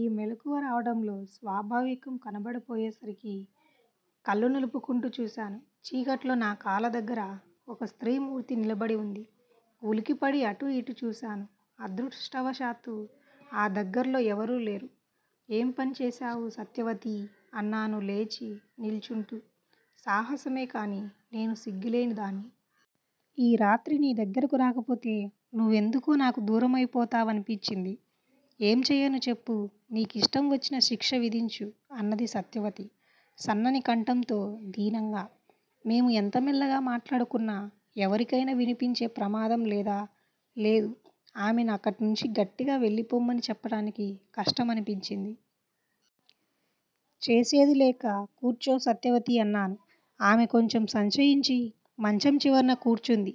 ఈ మెలకువ రావడంలో స్వాభావికం కనబడకపోయేసరికి కళ్ళు నులుపుకుంటూ చూశాను. చీకట్లో నా కాళ్ళ దగ్గర ఒక స్త్రీమూర్తి నిలబడివుంది. ఉలికిపడి అటూ ఇటూ చూశాను. అదృష్టవశాత్తూ ఆ దగ్గర్లో ఎవరూలేరు. ఏం పనిచేశావు సత్యవతీ? అన్నాను లేచి నిల్చుంటూ. సాహసమే కాని నేను సిగ్గులేనిదాన్ని. ఈ రాత్రి నీ దగ్గరకు రాకపోతే నువ్వెందుకో నాకు దూరమైపోతావనిపించింది. ఏం చెయ్యను చెప్పు? నీకిష్టంవచ్చిన శిక్ష విధించు అన్నది సత్యవతి సన్నని కంఠంతో దీనంగా. మేము ఎంత మెల్లగా మాట్లాడుకున్నా ఎవరికైనా వినిపించే ప్రమాదం లేదా? లేదు. ఆమెను అక్కడ్నుంచి గట్టిగా వెళ్ళిపొమ్మని చెప్పటానికి కష్టమనిపించింది. చేసేదిలేక కూర్చో సత్యవతీ అన్నాను. ఆమె కొంచెం సంశయించి మంచం చివర్న కూర్చుంది.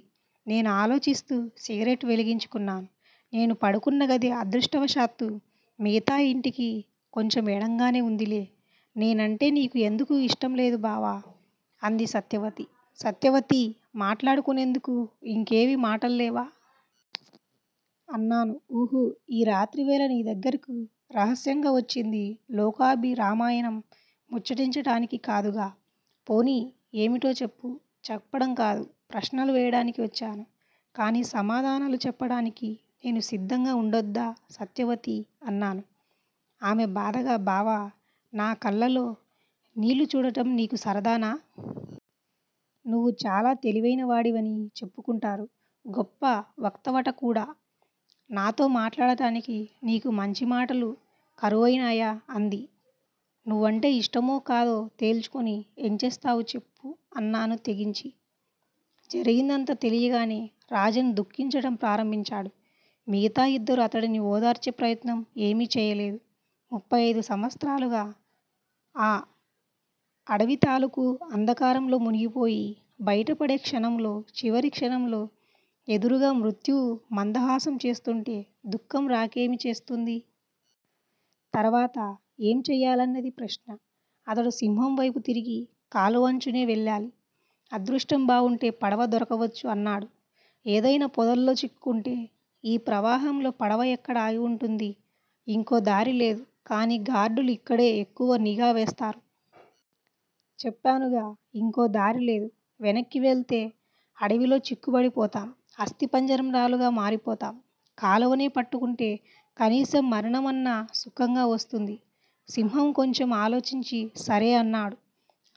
నేను ఆలోచిస్తూ సిగరెట్ వెలిగించుకున్నాను. నేను పడుకున్నగది అదృష్టవశాత్తు మిగతా ఇంటికి కొంచెం ఎడంగానే వుందిలే. నేనంటే నీకు ఎందుకు ఇష్టంలేదు బావా? అంది సత్యవతి. సత్యవతీ! మాట్లాడుకునేందుకు ఇంకేవీ మాటల్లేవా? అన్నాను. ఉహుఁ! ఈ రాత్రివేళ నీదగ్గరకు రహస్యంగావచ్చింది లోకాభిరామాయణం ముచ్చటించటానికి కాదుగా! పోనీ ఏమిటో చెప్పు. చెప్పడం కాదు. ప్రశ్నలు వేయడానికి వచ్చాను. కాని సమాధానాలు చెప్పటానికి నేను సిద్ధంగా వుండొద్దా సత్యవతీ! అన్నాను. ఆమె బాధగా బావా! నా కళ్ళలో నీళ్ళు చూడటం నీకు సరదానా? నువ్వు చాలా తెలివైనవాడివని చెప్పుకుంటారు. గొప్ప వక్తవటకూడా. నాతో మాట్లాడటానికి నీకు మంచిమాటలు కరువైనాయా? అంది. నువ్వంటే ఇష్టమో, కాదో తేల్చుకుని యేంచేస్తావు చెప్పు? అన్నాను తెగించి. జరిగిందంతా తెలియగానే రాజన్ దుఃఖించటం ప్రారంభించాడు. మిగతా ఇద్దరూ అతడిని ఓదార్చే ప్రయత్నం ఏమీ చేయలేదు. ముప్పై అయిదు సంవత్సరాలుగా ఆ అడవితాలూకు అంధకారంలో మునిగిపోయి, బయటపడే క్షణంలో చివరి క్షణంలో ఎదురుగా మృత్యువు మందహాసం చేస్తూంటే దుఃఖం రాకేమి చేస్తుంది? తరువాత ఏం చెయ్యాలన్నది ప్రశ్న. అతడు సింహం వైపుతిరిగి, కాలువ అంచునే వెళ్ళాలి. అదృష్టం బావుంటే పడవ దొరకవచ్చు అన్నాడు. ఏదైనా పొదల్లో చిక్కుకుంటే. ఈ ప్రవాహంలో పడవ ఎక్కడ ఆగి వుంటుంది? ఇంకో దారి లేదు కానీ గార్డులు ఇక్కడే ఎక్కువ నిఘా వేస్తారు. చెప్పానుగా. ఇంకో దారిలేదు. వెనక్కి వెళ్ళితే అడవిలో చిక్కుబడిపోతాం. అస్థిపంజరాలుగా మారిపోతాం. కాలవనే పట్టుకుంటే, కనీసం మరణం అన్నా సుఖంగా వస్తుంది. సింహం కొంచెం ఆలోచించి సరే అన్నాడు.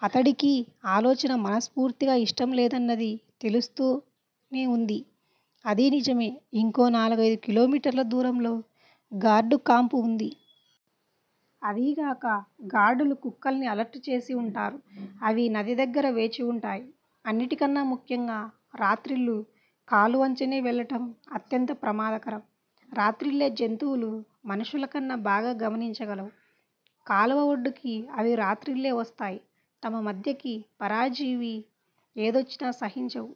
అతడికీ ఆలోచన మనస్పూర్తిగా ఇష్టం లేదన్నది తెలుస్తూనేవుంది. అదీ నిజమే. ఇంకో నాలుగైదు కిలోమీటర్ల దూరంలో గార్డు కాంపు వుంది. అదీగాక గార్డులు కుక్కల్ని అలర్ట్ చేసి వుంటారు. అవి నది దగ్గర వేచివుంటాయి. అన్నిటికన్నా ముఖ్యంగా రాత్రిళ్ళు కాలువ అంచునే వెళ్ళటం అత్యంత ప్రమాదకరం. రాత్రిళ్ళే జంతువులు మనుష్యులకన్నా బాగా గమనించగలవు. కాలువ ఒడ్డుకి అవి రాత్రిళ్ళే వస్తాయి. తమ మధ్యకి పరాయి జీవి ఏదొచ్చినా సహించవు.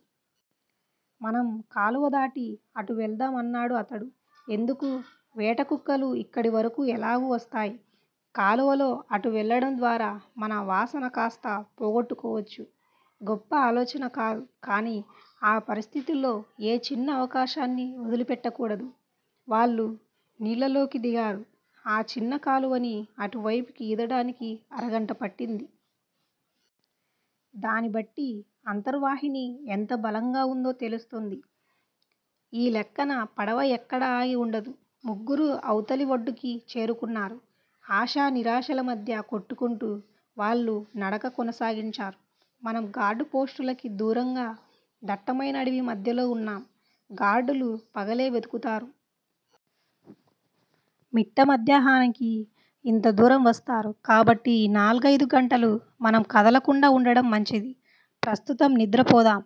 మనం కాలువ దాటి అటు వెళదాం అన్నాడు అతడు. ఎందుకు? వేటకుక్కలు ఇక్కడివరకూ ఎలాగూ వస్తాయి. కాలువలో అటువెళ్ళటం ద్వారా మన వాసన కాస్త పోగొట్టుకోవచ్చు. గొప్ప ఆలోచన కాదు. కానీ ఆ పరిస్థితుల్లో ఏ చిన్న అవకాశాన్నీ వదిలిపెట్టకూడదు. వాళ్ళు నీళ్ళలోకి దిగారు. ఆ చిన్న కాలువని అటువైపుకి ఈదటానికి అరగంట పట్టింది. దాన్నిబట్టి అంతర్వాహిని ఎంత బలంగా వుందో తెలుస్తోంది. ఈ లెక్కన పడవ ఎక్కడా ఆగి వుండదు. ముగ్గురూ అవతలి వడ్డుకి చేరుకున్నారు. ఆశా నిరాశల మధ్య కొట్టుకుంటూ వాళ్ళు నడక కొనసాగించారు. మనం గార్డ్ పోస్టులకి దూరంగా దట్టమైన అడవి మధ్యలో వున్నాం. గార్డ్ లు పగలే వెతుకుతారు. మిట్టమధ్యాహానికి ఇంత దూరం వస్తారు. కాబట్టి ఈ నాల్గయిదు గంటలూ మనం కదలకుండా వుండటం మంచిది. ప్రస్తుతం నిద్రపోదాం.